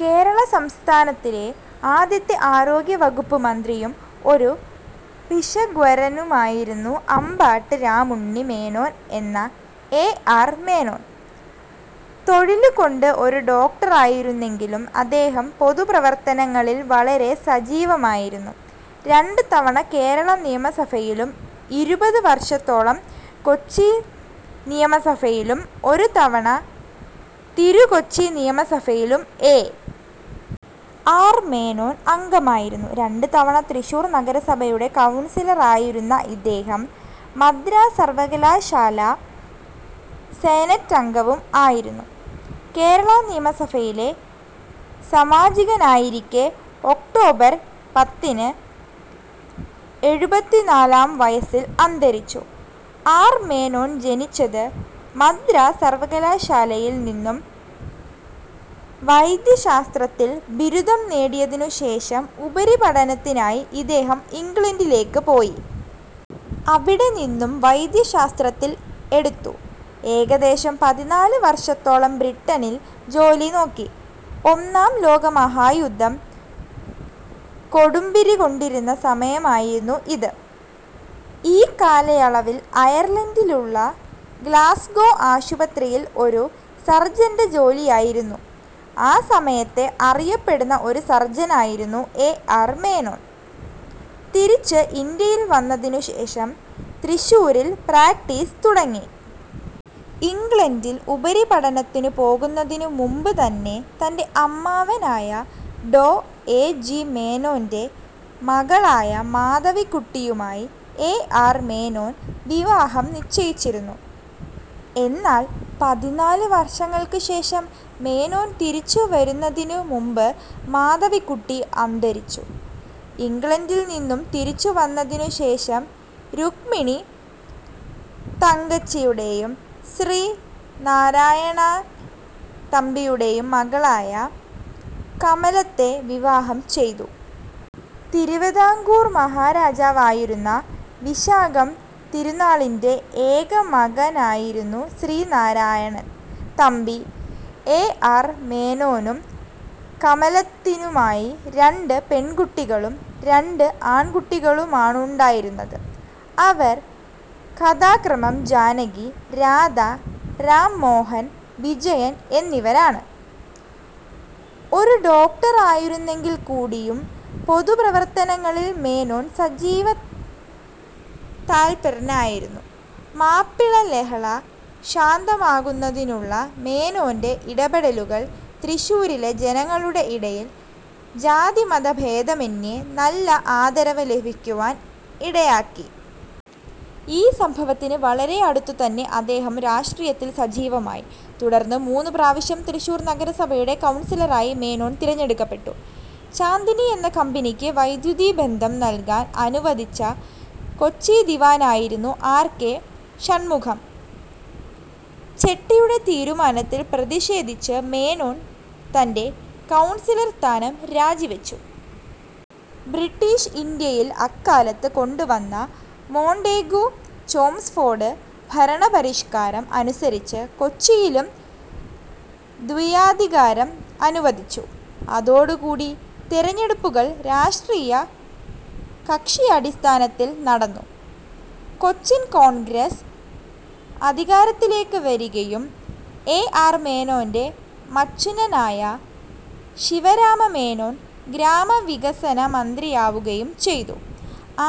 കേരള സംസ്ഥാനത്തിലെ ആദ്യത്തെ ആരോഗ്യവകുപ്പ് മന്ത്രിയും ഒരു ഭിഷഗ്വരനുമായിരുന്നു അമ്പാട്ട് രാമുണ്ണി മേനോൻ എന്ന എ. ആർ. മേനോൻ. തൊഴിലുകൊണ്ട് ഒരു ഡോക്ടറായിരുന്നെങ്കിലും അദ്ദേഹം പൊതു പ്രവർത്തനങ്ങളിൽ വളരെ സജീവമായിരുന്നു. രണ്ട് തവണ കേരള നിയമസഭയിലും ഇരുപത് വർഷത്തോളം കൊച്ചിനിയമസഭയിലും, ഒരു തവണ തിരുക്കൊച്ചി നിയമസഭയിലും എ. ആർ. മേനോൻ അംഗമായിരുന്നു. രണ്ട് തവണ തൃശൂർ നഗരസഭയുടെ കൗൺസിലറായിരുന്ന ഇദ്ദേഹം മദ്രാസ് സർവകലാശാലാ സെനറ്റംഗവും ആയിരുന്നു. കേരള നിയമസഭയിലെ സമാജികനായിരിക്കെ ഒക്ടോബർ പത്തിന് എഴുപത്തിനാലാം വയസ്സിൽ അന്തരിച്ചു. ആർ. മേനോൻ ജനിച്ചത്. മദ്രാസ് സർവകാലാശാലയിൽ നിന്നും വൈദ്യശാസ്ത്രത്തിൽ ബിരുദം നേടിയതിനു ശേഷം ഉപരിപഠനത്തിനായി ഇദ്ദേഹം ഇംഗ്ലണ്ടിലേക്ക് പോയി. അവിടെ നിന്നും വൈദ്യശാത്രത്തിൽ, എടുത്തു, ഏകദേശം പതിനാല് വർഷത്തോളം ബ്രിട്ടനിൽ ജോലിനോക്കി. ഒന്നാം ലോകമഹായുദ്ധം കൊടുമ്പിരിക്കൊണ്ടിരിക്കുന്ന സമയമായിരുന്നു ഇത്. ഈ കാലയളവിൽ അയർലന്റിലുള്ള ഗ്ലാസ്ഗോ ആശുപതിയിൽ ഒരു സർജന്റെ ജോലിയായിരുന്നു. ആ സമയത്തെ അറിയപ്പെടുന്ന ഒരു സർജനായിരുന്നു എ. ആർ. മേനോൻ. തിരിച്ച് ഇന്ത്യയിൽ വന്നതിനു ശേഷം തൃശ്ശൂരിൽ പ്രാക്ടീസ് തുടങ്ങി. ഇംഗ്ലണ്ടിൽ ഉപരിപഠനത്തിനു പോകുന്നതിനു മുൻപ് തന്നെ തന്റെ അമ്മാവനായ ഡോ. എ. ജി. മേനോന്റെ മകളായ മാധവിക്കുട്ടിയുമായി എ. ആർ. മേനോൻ വിവാഹം നിശ്ചയിച്ചിരുന്നു. എന്നാൽ പതിനാല് വർഷങ്ങൾക്ക് ശേഷം മേനോൻ തിരിച്ചു വരുന്നതിനു മുൻപ് മാധവിക്കുട്ടി അന്തരിച്ചു. ഇംഗ്ലണ്ടിൽ നിന്നും തിരിച്ചു വന്നതിനു ശേഷം രുക്മിണി തങ്കച്ചിയുടെയും ശ്രീ നാരായണാൻ തമ്പിയുടേയും മകളായ കമലത്തെ വിവാഹം ചെയ്തു. തിരുവിതാംകൂർ മഹാരാജാവായിരുന്ന വിശാഖം തിരുനാളിന്റെ ഏകമകനായിരുന്നു ശ്രീ നാരായണാൻ തമ്പി. എ. ആർ. മേനോനും കമലത്തിനുമായി രണ്ട് പെൺകുട്ടികളും രണ്ട് ആൺകുട്ടികളുമാണുണ്ടായിരുന്നത് അവർ യഥാക്രമം ജാനകി, രാധ, രാം മോഹൻ, വിജയൻ എന്നിവരാണ്. ഒരു ഡോക്ടറായിരുന്നെങ്കിൽ കൂടിയും പൊതു പ്രവർത്തനങ്ങളിൽ മേനോൻ സജീവ തല്പരനായിരുന്നു. മാപ്പിള ലഹള ശാന്തമാക്കുന്നതിലുള്ള മേനോന്റെ ഇടപെടലുകൾ തൃശൂരിലെ ജനങ്ങളുടെ ഇടയിൽ ജാതിമത ഭേദമെന്യേ നല്ല ആദരവ് ലഭിക്കുവാൻ ഇടയാക്കി. ഈ സംഭവത്തിന് വളരെ അടുത്ത് തന്നെ അദ്ദേഹം രാഷ്ട്രീയത്തിൽ സജീവമായി. തുടർച്ചയായി മൂന്നു പ്രാവശ്യം തൃശ്ശൂർ നഗരസഭയുടെ കൗൺസിലറായി മേനോൻ തിരഞ്ഞെടുക്കപ്പെട്ടു. ചാന്ദിനി എന്ന കമ്പനിക്ക് വൈദ്യുതിബന്ധം നൽകാൻ അനുവദിച്ച കൊച്ചി ദിവാനായിരുന്ന ആർ. കെ. ഷണ്മുഖം ചെട്ടിയുടെ തീരുമാനത്തിൽ പ്രതിഷേധിച്ച് മേനോൻ തന്റെ കൗൺസിലർ സ്ഥാനം രാജിവച്ചു. ബ്രിട്ടീഷ് ഇന്ത്യയിൽ അക്കാലത്ത് കൊണ്ടുവന്ന മൊണ്ടേഗു ചെംസ്ഫോർഡ് ഭരണപരിഷാകാരം അനുസരിച്ച് കൊച്ചിയിലും ദ്വയാധികാരം അനുവദിച്ചു. അതോടുകൂടി തിരഞ്ഞെടുപ്പുകൾ രാഷ്ട്രീയ കക്ഷിയടിസ്ഥാനത്തിൽ നടന്നു. കൊച്ചിൻ കോൺഗ്രസ്സ് അധികാരത്തിലേക്ക് വരികയും എ. ആർ. മേനോന്റെ മച്ചുനനായ ശിവരാമമേനോൻ ഗ്രാമവികസന മന്ത്രിയാവുകയും ചെയ്തു.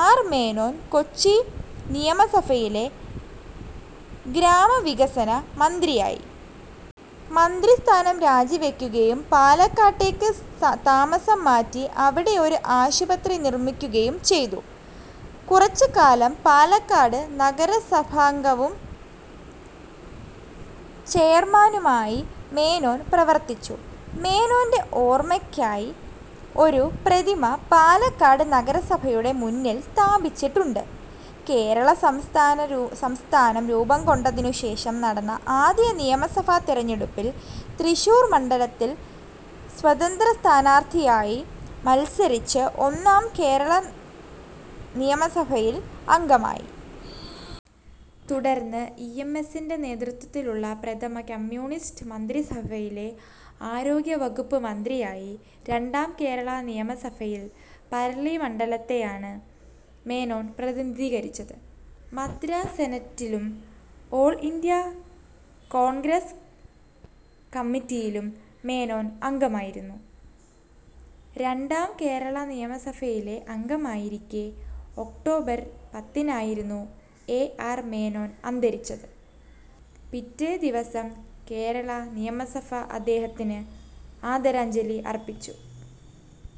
ആർ. മേനോൻ കൊച്ചി നിയമസഭയിലെ ഗ്രാമവികസന മന്ത്രിയായി. മന്ത്രിസ്ഥാനം രാജിവയ്ക്കുകയും പാലക്കാട്ടേക്ക് താമസം മാറ്റി അവിടെ ഒരു ആശുപത്രി നിർമ്മിക്കുകയും ചെയ്തു. കുറച്ച് കാലം പാലക്കാട് നഗരസഭാംഗവും ചെയർമാനുമായി മേനോൻ പ്രവർത്തിച്ചു. മേനോന്റെ ഓർമ്മയ്ക്കയി ഒരു പ്രതിമ പാലക്കാട് നഗരസഭയുടെ മുന്നിൽ സ്ഥാപിച്ചിട്ടുണ്ട്. കേരള സംസ്ഥനം രൂപംകൊണ്ടതിനു ശേഷം നടന്ന ആദ്യ നിയമസഭാ തെരഞ്ഞെടുപ്പിൽ തൃശ്ശൂർ മണ്ഡലത്തിൽ സ്വതന്ത്ര സ്ഥാനാർത്ഥിയായി മത്സരിച്ച് ഒന്നാം കേരളനിയമസഭയിൽ അംഗമായി. തുടർന്ന് ഇ. എം. എസിന്റെ നേതൃത്വത്തിലുള്ള പ്രഥമ കമ്മ്യൂണിസ്റ്റ് മന്ത്രിസഭയിലെ ആരോഗ്യവകുപ്പ് മന്ത്രിയായി. രണ്ടാം കേരളാ നിയമസഭയിൽ പറളി മണ്ഡലത്തെയാണ് മേനോൻ പ്രതിനിധീകരിച്ചത്. മദ്രാസ് സെനറ്റിലും, ഓൾ ഇന്ത്യാ കോൺഗ്രസ് കമ്മിറ്റിയിലും മേനോൻ അംഗമായിരുന്നു. രണ്ടാം കേരളനിയമസഭയിലെ അംഗമായിരിക്കെ ഒക്ടോബർ പത്തിനായിരുന്നു എ. ആർ. മേനോൻ അന്തരിച്ചത്. പിറ്റേദിവസം കേരള നിയമസഭ അദ്ദേഹത്തിന് അദാരഞ്ജലി അർപ്പിച്ചു.